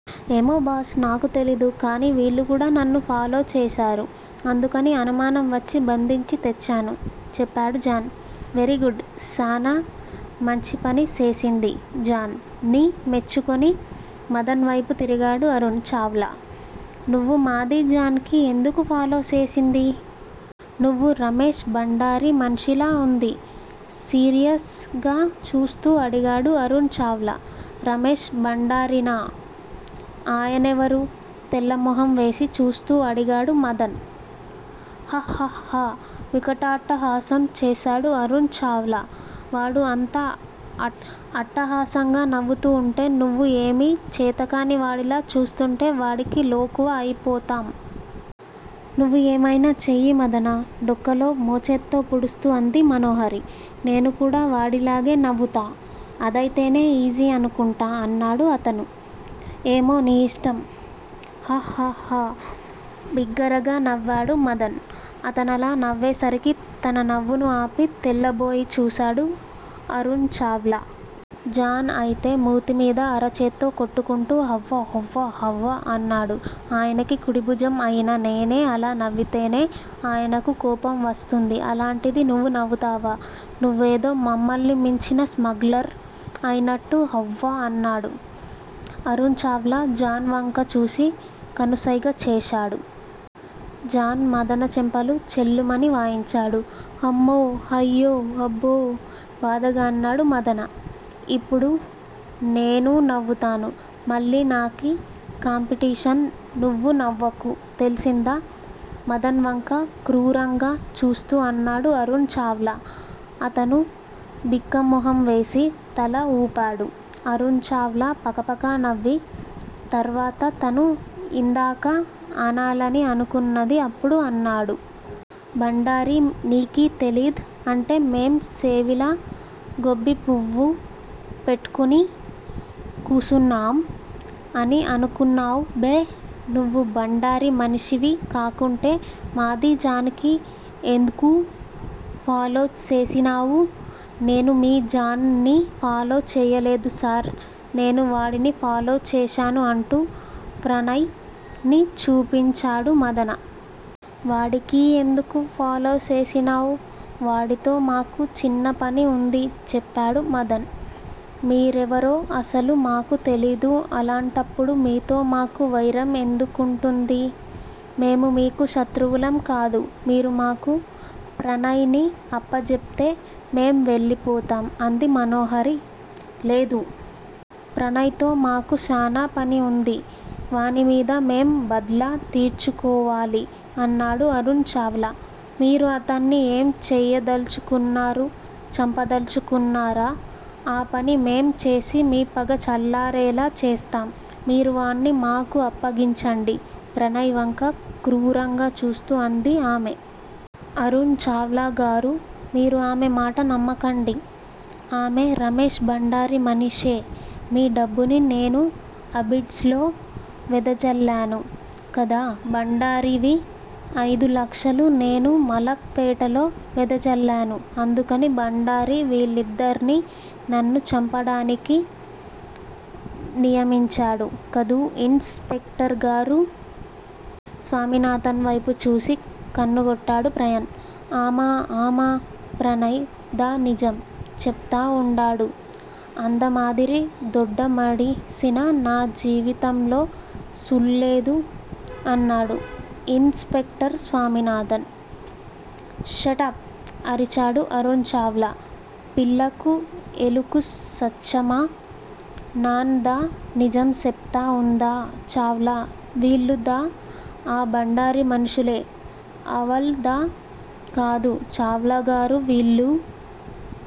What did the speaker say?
ఏమో బాస్ నాకు తెలీదు. కానీ వీళ్ళు కూడా నన్ను ఫాలో చేశారు. అందుకని అనుమానం వచ్చి బంధించి తెచ్చాను చెప్పాడు జాన్. వెరీగుడ్! శానా మంచి పని సేసింది జాన్ ని మెచ్చుకుని మదన్ వైపు తిరిగాడు అరుణ్ చావ్లా. నువ్వు మాది జాన్ కి ఎందుకు ఫాలో సేసింది? నువ్వు రమేష్ భండారీ మన్షీలా వుంది? సీరియస్ గా చూస్తూ అడిగాడు అరుణ్ చావ్లా. రమేష్ భండారీనా? ఆయనెవరు? తెల్లమొహం వేసి చూస్తూ అడిగాడు మదన్. హ్హహ్హహ్హ వికటాట్టహాసం చేశాడు అరుణ్ చావ్లా. వాడు అంత అట్టహాసంగా నవ్వుతూ వుంటే నువ్వు ఏమీ చేతకాని వాడిలా చూస్తుంటే వాడికి లోకువ అయిపోతాం. నువ్వూ ఏమైనా చెయ్యి మదన డొక్కలో మోచేత్తో పొడుస్తూ అంది మనోహరి. నేను కూడా వాడిలాగే నవ్వుతా అదైతేనే ఈజీ అనుకుంటా అన్నాడు అతను. ఏమో నీ ఇష్టం. హ్హ హ్హ హ్హ. బిగ్గరగా నవ్వాడు మదన్. అతనలా నవ్వేసరికి తన నవ్వును ఆపి తెల్లబోయి చూశాడు అరుణ్ చావ్లా. జాన్ అయితే మూతిమీద అరచేత్తో కొట్టుకుంటూ హవ్వ హవ్వ హవ్వ అన్నాడు. ఆయనకీ కుడిభుజం అయినా నేనే అలా నవ్వితేనే ఆయనకు కోపం వస్తుంది అలాంటిది నువ్వు నవ్వుతావా నువ్వేదో మమ్మల్ని మించిన స్మగ్లర్ అయినట్టు హవ్వ అన్నాడు. అరుణ్ చావ్లా జాన్ వంక చూసి కనుసైగ చేశాడు. జాన్ మదన చెంపలు చెళ్ళుమని వాయించాడు. హమ్మో హయ్యో హబ్బో బాధగా అన్నాడు మదన. ఇప్పుడూ నేనూ నవ్వుతాను. మళ్ళీ నాకీ కాంపిటీషన్ నువ్వూ నవ్వకు తెల్సిందా? మదన్ వంక క్రూరంగా చూస్తూ అన్నాడు అరుణ్ చావ్లా. అతను బిక్కమొహంవేసి తల వూపాడు. అరుణ్ చావ్లా పకపకా నవ్వి తర్వాత తను యిందాక అనాలని అనుకున్నది అప్పుడు అన్నాడు. భండారీ నీకీ తెలీద్ అంటే మేం సేవిలా గోబ్బీపువ్వు పెట్కు నీ కూసునాం అని అనుకున్నావ్ బే నువ్వూ భండారీ మనిషివీ కాకుంటే మాదీ జాన్ కీ ఎంద్కూ ఫాలో సేసినావు? నేను మీ జాన్ ని ఫాలో చెయ్యలేదు సార్ నేను వాడిని ఫాలో చేశాను అంటూ ప్రణయ్ ని చూపించాడు మదన. వాడికీ ఎందుకూ ఫాలో సేసినావ్? వాడితో మాకు చిన్నపని వుంది చెప్పాడు మదన్. మీరెవరో అసలు మాకు తెలీదు అలాంటప్పుడు మీతో మాకు వైరం ఎందుకుంటుందీ? మేము మీకు శత్రువులం కాదు మీరు మాకు ప్రణయ్ ని అప్పజేప్తే మేం వెళ్ళిపోతాం అంది మనోహరి. లేదు! ప్రణయ్ తో మాకు శానా పని వుంది వానిమీద మేం బద్లా తీర్చుకోవాలి అన్నాడు అరుణ్ చావ్లా. మీరు అతన్ని ఏం చెయ్యదల్చుకున్నారు చంపదల్చుకున్నారా? ఆ పని మేం చేసి మీ పగ చల్లారేలా చేస్తాం మీరు వాడ్ని మాకు అప్పగించండి ప్రణయ్ వంక క్రూరంగా చూస్తూ అంది ఆమె. అరుణ్ చావ్లాగారూ మీరు ఆమె మాట నమ్మకండి. ఆమె రమేష్ భండారీ మనిషే మీ డబ్బుని నేను అబిడ్స్ లో వెదచల్లాను కదా! భండారీవి అయిదు లక్షలు నేను మలక్ పేటలో వెదచల్లాను అందుకని భండారీ వీళ్ళిద్దర్నీ నన్ను చంపడానికి నియమించాడు కదూ ఇన్స్ పెక్టర్ గారూ? స్వామినాథన్ వైపు చూసి కన్నుగొట్టాడు ప్రయన్. అమా అమా ప్రణయ్ దా నిజం చెప్తా వుండాడు అంద మాదిరి దొడ్డ మడిసిని నా జీవితంలో సూళ్ళేదు అన్నాడు ఇన్స్ పెక్టర్ స్వామినాథన్. షటప్! అరిచాడు అరుణ్ చావ్లా. పిల్లకు ఎలుకు సాచ్చమా? నాన్ దా నిజం సెప్తా వుందా చావ్లా వీళ్ళు దా ఆ భండారీ మనుషులే? అవళ్ దా. కాదు చావ్లాగారూ వీళ్ళు